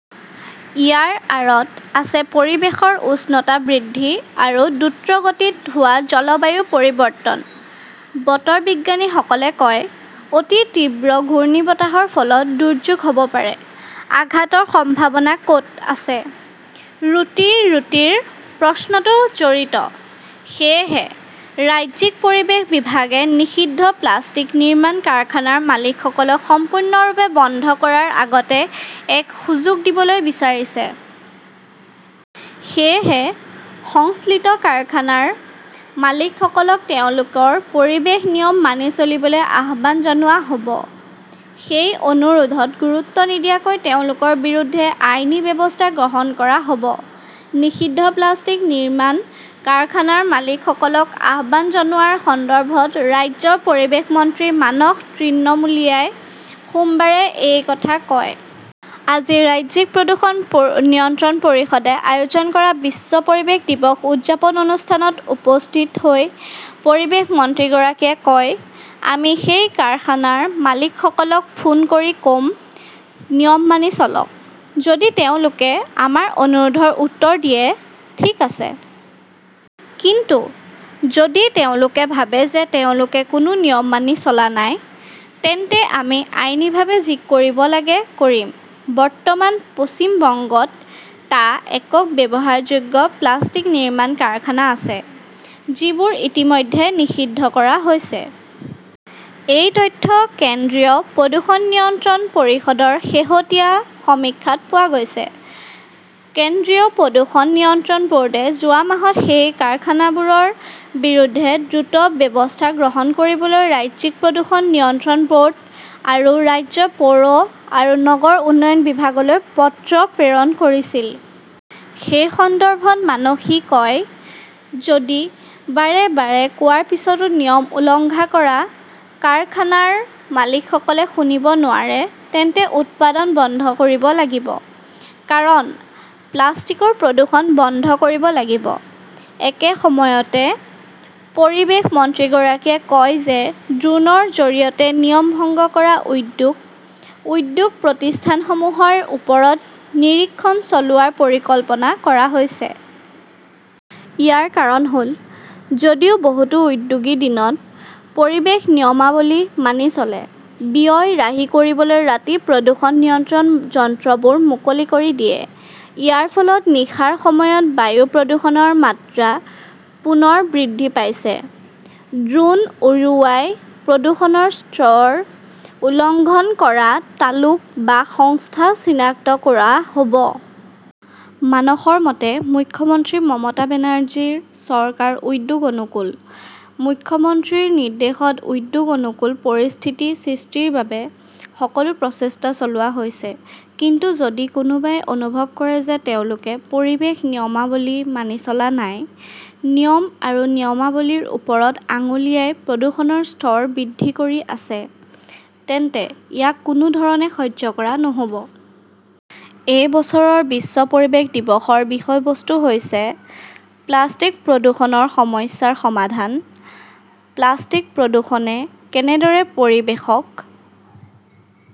ইয়াৰ আঁৰত আছে পৰিৱেশৰ উষ্ণতা বৃদ্ধি আৰু দ্ৰুতগতিত হোৱা জলবায়ু পৰিৱৰ্তন, বতৰ বিজ্ঞানীসকলে কয়। অতি তীব্ৰ ঘূৰ্ণীবতাহৰ ফলত 'দুৰ্যোগ "হ" ব পাৰে! আঘাতৰ সম্ভাৱনা ক "ত আছে? ৰুটি-ৰুটিৰ প্ৰশ্নটো জড়িত। সেয়েহে, ৰাজ্যিক পৰিৱেশ বিভাগে নিষিদ্ধ প্লাষ্টিক নিৰ্মাণ কাৰখানাৰ মালিকসকলক সম্পূৰ্ণৰূপে বন্ধ কৰাৰ আগতে এক সুযোগ দিবলৈ বিচাৰিছে। সেয়েহে, সংশ্লিষ্ট কাৰখানাৰ মালিকসকলক তেওঁলোকৰ পৰিৱেশ নিয়ম মানি চলিবলৈ আহ্বান জনোৱা হ "ব। সেই অনুৰোধত গুৰুত্ব নিদিয়াকৈ তেওঁলোকৰ বিৰুদ্ধে আইনী ব্যৱস্থা গ্ৰহণ কৰা হ "ব। নিষিদ্ধ প্লাষ্টিক নিৰ্মাণ কাৰখানাৰ মালিকসকলক আহ্বান জনোৱাৰ সন্দৰ্ভত ৰাজ্যৰ পৰিৱেশ মন্ত্ৰী মানস তৃণমূলিয়াই সোমবাৰে এই কথা কয়। আজি ৰাজ্যিক প্ৰদূষণ নিয়ন্ত্ৰণ পৰিষদে আয়োজন কৰা বিশ্ব পৰিৱেশ দিৱস উদযাপন অনুষ্ঠানত উপস্থিত হৈ পৰিৱেশ মন্ত্ৰীগৰাকীয়ে কয়, "আমি সেই কাৰখানাৰ মালিকসকলক ফোন কৰি ক" ম, নিয়ম মানি চলক। যদি তেওঁলোকে আমাৰ অনুৰোধৰ উত্তৰ দিয়ে, ঠিক আছে। কিন্তু যদি তেওঁলোকে ভাবে যে তেওঁলোকে কোনো নিয়ম মানি চলা নাই, তেন্তে আমি আইনীভাৱে যি কৰিব লাগে কৰিম। "বৰ্তমান পশ্চিম বংগত টা একক ব্যৱহাৰযোগ্য প্লাষ্টিক নিৰ্মাণ কাৰখানা আছে, যিবোৰ ইতিমধ্যে নিষিদ্ধ কৰা হৈছে। এই তথ্য কেন্দ্ৰীয় প্ৰদূষণ নিয়ন্ত্ৰণ পৰিষদৰ শেহতীয়া সমীক্ষাত পোৱা গৈছে। কেন্দ্ৰীয় প্ৰদূষণ নিয়ন্ত্ৰণ ব "ৰ্ডে যোৱা মাহত সেই কাৰখানাবোৰৰ বিৰুদ্ধে দ্ৰুত ব্যৱস্থা গ্ৰহণ কৰিবলৈ ৰাজ্যিক প্ৰদূষণ নিয়ন্ত্ৰণ ব" ৰ্ড আৰু ৰাজ্যৰ পৌৰ আৰু নগৰ উন্নয়ন বিভাগলৈ পত্ৰ প্ৰেৰণ কৰিছিল। সেই সন্দৰ্ভত মানসই কয়, "যদি বাৰে বাৰে কোৱাৰ পিছতো নিয়ম উলংঘা কৰা কাৰখানাৰ মালিকসকলে শুনিব নোৱাৰে, তেন্তে উৎপাদন বন্ধ কৰিব লাগিব। কাৰণ, প্লাষ্টিকৰ প্ৰদূষণ বন্ধ কৰিব লাগিব। "একে সময়তে, পৰিৱেশ মন্ত্ৰীগৰাকীয়ে কয় যে ড্ৰোনৰ জৰিয়তে নিয়ম ভংগ কৰা উদ্যোগ, উদ্যোগ প্ৰতিষ্ঠানসমূহৰ ওপৰত নিৰীক্ষণ চলোৱাৰ পৰিকল্পনা কৰা হৈছে। ইয়াৰ কাৰণ হ "ল, যদিও বহুতো উদ্যোগই দিনত পৰিৱেশ নিয়মাৱলী মানি চলে, ব্যয় ৰাহি কৰিবলৈ ৰাতি প্ৰদূষণ নিয়ন্ত্ৰণ যন্ত্ৰবোৰ মুকলি কৰি দিয়ে। ইয়াৰ ফলত নিশাৰ সময়ত বায়ু প্ৰদূষণৰ মাত্ৰা পুনৰ বৃদ্ধি পাইছে। ড্ৰোন উৰুৱাই প্ৰদূষণৰ স্তৰ উলংঘন কৰা তালুক বা সংস্থা চিনাক্ত কৰা হ "ব। মানসৰ মতে, "মুখ্যমন্ত্ৰী মমতা বেনাৰ্জীৰ চৰকাৰ উদ্যোগ অনুকূল। মুখ্যমন্ত্ৰীৰ নিৰ্দেশত উদ্যোগ-অনুকূল পৰিস্থিতি সৃষ্টিৰ বাবে সকলো প্ৰচেষ্টা চলোৱা হৈছে। কিন্তু যদি কোনোবাই অনুভৱ কৰে যে তেওঁলোকে পৰিৱেশ নিয়মাৱলী মানি চলা নাই, নিয়ম আৰু নিয়মাৱলীৰ ওপৰত আঙুলিয়াই প্ৰদূষণৰ স্তৰ বৃদ্ধি কৰি আছে, তেন্তে ইয়াক কোনো ধৰণে সহ্য কৰা নহ "ব। "এই বছৰৰ বিশ্ব পৰিৱেশ দিৱসৰ বিষয়বস্তু হৈছে 'প্লাষ্টিক-প্ৰদূষণৰ সমস্যাৰ সমাধান"। প্লাষ্টিক-প্ৰদূষণে কেনেদৰে পৰিৱেশক